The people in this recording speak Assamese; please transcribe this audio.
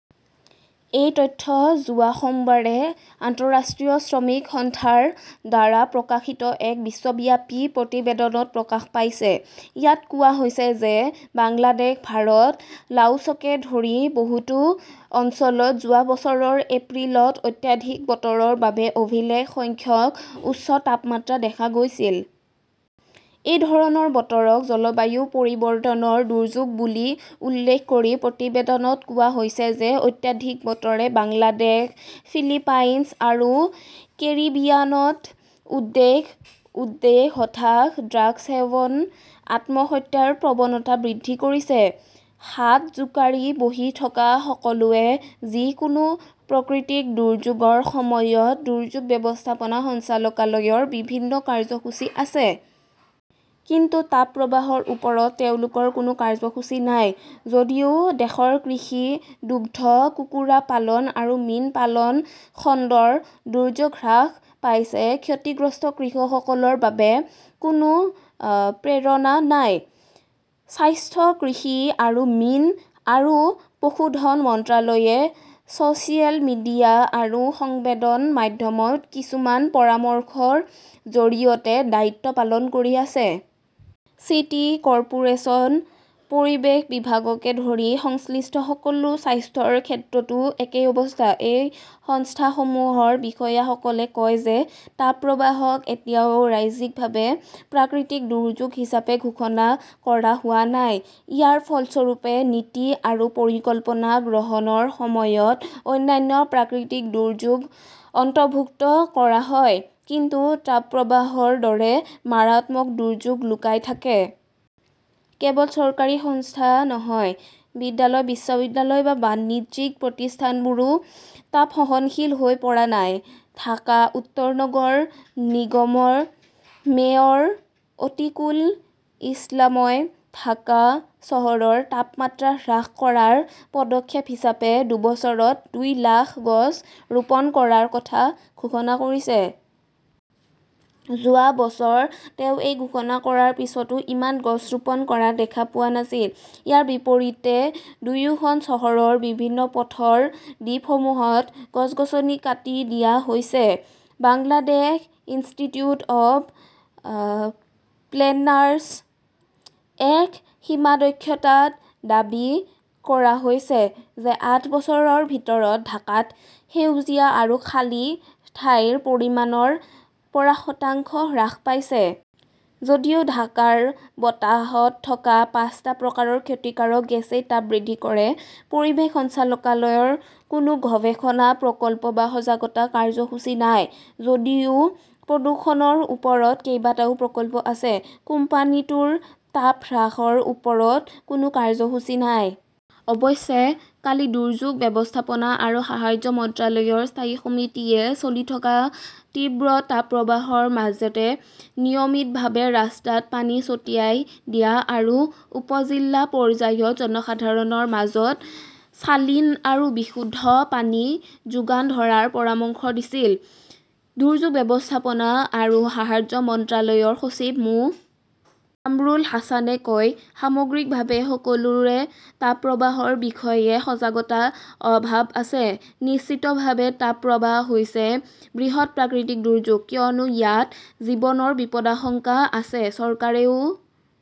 এই তথ্য যোৱা সোমবাৰে আন্তঃৰাষ্ট্ৰীয় শ্ৰমিক সংস্থা ৰ দ্বাৰা প্ৰকাশিত এক বিশ্বব্যাপী প্ৰতিবেদনত প্ৰকাশ পাইছে। ইয়াত কোৱা হৈছে যে বাংলাদেশ, ভাৰত, লাওছকে ধৰি বহুতো অঞ্চলত যোৱা বছৰৰ এপ্ৰিলত অত্যাধিক বতৰৰ বাবে অভিলেখ সংখ্যক উচ্চ তাপমাত্ৰা দেখা গৈছিল। এই ধৰণৰ বতৰক জলবায়ু পৰিৱৰ্তনৰ দুৰ্যোগ বুলি উল্লেখ কৰি প্ৰতিবেদনত কোৱা হৈছে যে অত্যাধিক বতৰে বাংলাদেশ, ফিলিপাইনছ আৰু কেৰিবিয়ানত উদ্বেগ, উদ্বেগ, হতাশা, ড্ৰাগছ সেৱন, আত্মহত্যাৰ প্ৰৱণতা বৃদ্ধি কৰিছে। হাত জোকাৰি বহি থকা সকলোৱে যিকোনো প্ৰাকৃতিক দুৰ্যোগৰ সময়ত দুৰ্যোগ ব্যৱস্থাপনা সঞ্চালকালয়ৰ বিভিন্ন কাৰ্যসূচী আছে। কিন্তু তাপপ্ৰবাহৰ ওপৰত তেওঁলোকৰ কোনো কাৰ্যসূচী নাই। যদিও দেশৰ কৃষি, দুগ্ধ, কুকুৰা পালন আৰু মীন পালন খণ্ডৰ দুৰ্যোগ হ্ৰাস পাইছে, ক্ষতিগ্ৰস্ত কৃষকসকলৰ বাবে কোনো প্ৰেৰণা নাই। স্বাস্থ্য, কৃষি আৰু মীন আৰু পশুধন মন্ত্ৰালয়ে ছ "চিয়েল মিডিয়া আৰু সংবাদ মাধ্যমত কিছুমান পৰামৰ্শৰ জৰিয়তে দায়িত্ব পালন কৰি আছে। চিটি কৰ্পোৰেচন, পৰিৱেশ বিভাগকে ধৰি সংশ্লিষ্ট সকলো সংস্থাৰ ক্ষেত্ৰতো একেই অৱস্থা। এই সংস্থাসমূহৰ বিষয়াসকলে কয় যে তাপপ্ৰবাহক এতিয়াও ৰাজ্যিকভাৱে প্ৰাকৃতিক দুৰ্যোগ হিচাপে ঘোষণা কৰা হোৱা নাই। ইয়াৰ ফলস্বৰূপে নীতি আৰু পৰিকল্পনা গ্ৰহণৰ সময়ত অন্যান্য প্ৰাকৃতিক দুৰ্যোগ অন্তৰ্ভুক্ত কৰা হয়, কিন্তু তাপপ্ৰবাহৰ দৰে মাৰাত্মক দুৰ্যোগ লুকাই থাকে। কেৱল চৰকাৰী সংস্থা নহয়, বিদ্যালয়-বিশ্ববিদ্যালয় বা বাণিজ্যিক প্ৰতিষ্ঠানবোৰো তাপ-সহনশীল হৈ পৰা নাই। ঢাকা উত্তৰ নগৰ নিগমৰ মেয়ৰ অতীকুল ইছলামই ঢাকা চহৰৰ তাপমাত্ৰা হ্ৰাস কৰাৰ পদক্ষেপ হিচাপে দুবছৰত দুই লাখ গছ ৰোপণ কৰাৰ কথা ঘোষণা কৰিছে। যোৱা বছৰ তেওঁ এই ঘোষণা কৰাৰ পিছতো ইমান গছ ৰোপণ কৰা দেখা পোৱা নাছিল। ইয়াৰ বিপৰীতে দুয়োখন চহৰৰ বিভিন্ন পথৰ দ্বীপসমূহত গছ-গছনি কাটি দিয়া হৈছে। বাংলাদেশ ইনষ্টিটিউট অৱ প্লেনাৰ্ছৰ এক সমীক্ষাত দাবী কৰা হৈছে যে আঠ বছৰৰ ভিতৰত ঢাকাত সেউজীয়া আৰু খালী ঠাইৰ পৰিমাণ ৰ পৰা শতাংশ হ্ৰাস পাইছে। যদিও ঢাকাৰ বতাহত থকা পাঁচটা প্ৰকাৰৰ ক্ষতিকাৰক গেছই তাপ বৃদ্ধি কৰে, পৰিৱেশ সঞ্চালকালয়ৰ কোনো গৱেষণা, প্ৰকল্প বা সজাগতা কাৰ্যসূচী নাই। যদিও প্ৰদূষণৰ ওপৰত কেইবাটাও প্ৰকল্প আছে, কোম্পানীটোৰ তাপ হ্ৰাসৰ ওপৰত কোনো কাৰ্যসূচী নাই। অৱশ্যে, কালি দুৰ্যোগ ব্যৱস্থাপনা আৰু সাহায্য মন্ত্ৰালয়ৰ স্থায়ী সমিতিয়ে চলি থকা তীব্ৰ তাপপ্ৰবাহৰ মাজতে নিয়মিতভাৱে ৰাস্তাত পানী ছটিয়াই দিয়া আৰু উপ-জিলা পৰ্যায়ত জনসাধাৰণৰ মাজত চালিন আৰু বিশুদ্ধ পানী যোগান ধৰাৰ পৰামৰ্শ দিছিল। দুৰ্যোগ ব্যৱস্থাপনা আৰু সাহায্য মন্ত্ৰালয়ৰ সচিব মো. কামৰুল হাছানে কয়, "সামগ্ৰিকভাৱে সকলোৰে তাপপ্ৰবাহৰ বিষয়ে সজাগতাৰ অভাৱ আছে। নিশ্চিতভাৱে তাপপ্ৰবাহ হৈছে বৃহৎ প্ৰাকৃতিক দুৰ্যোগ। কিয়নো, ইয়াত জীৱনৰ বিপদাশংকা আছে। চৰকাৰেও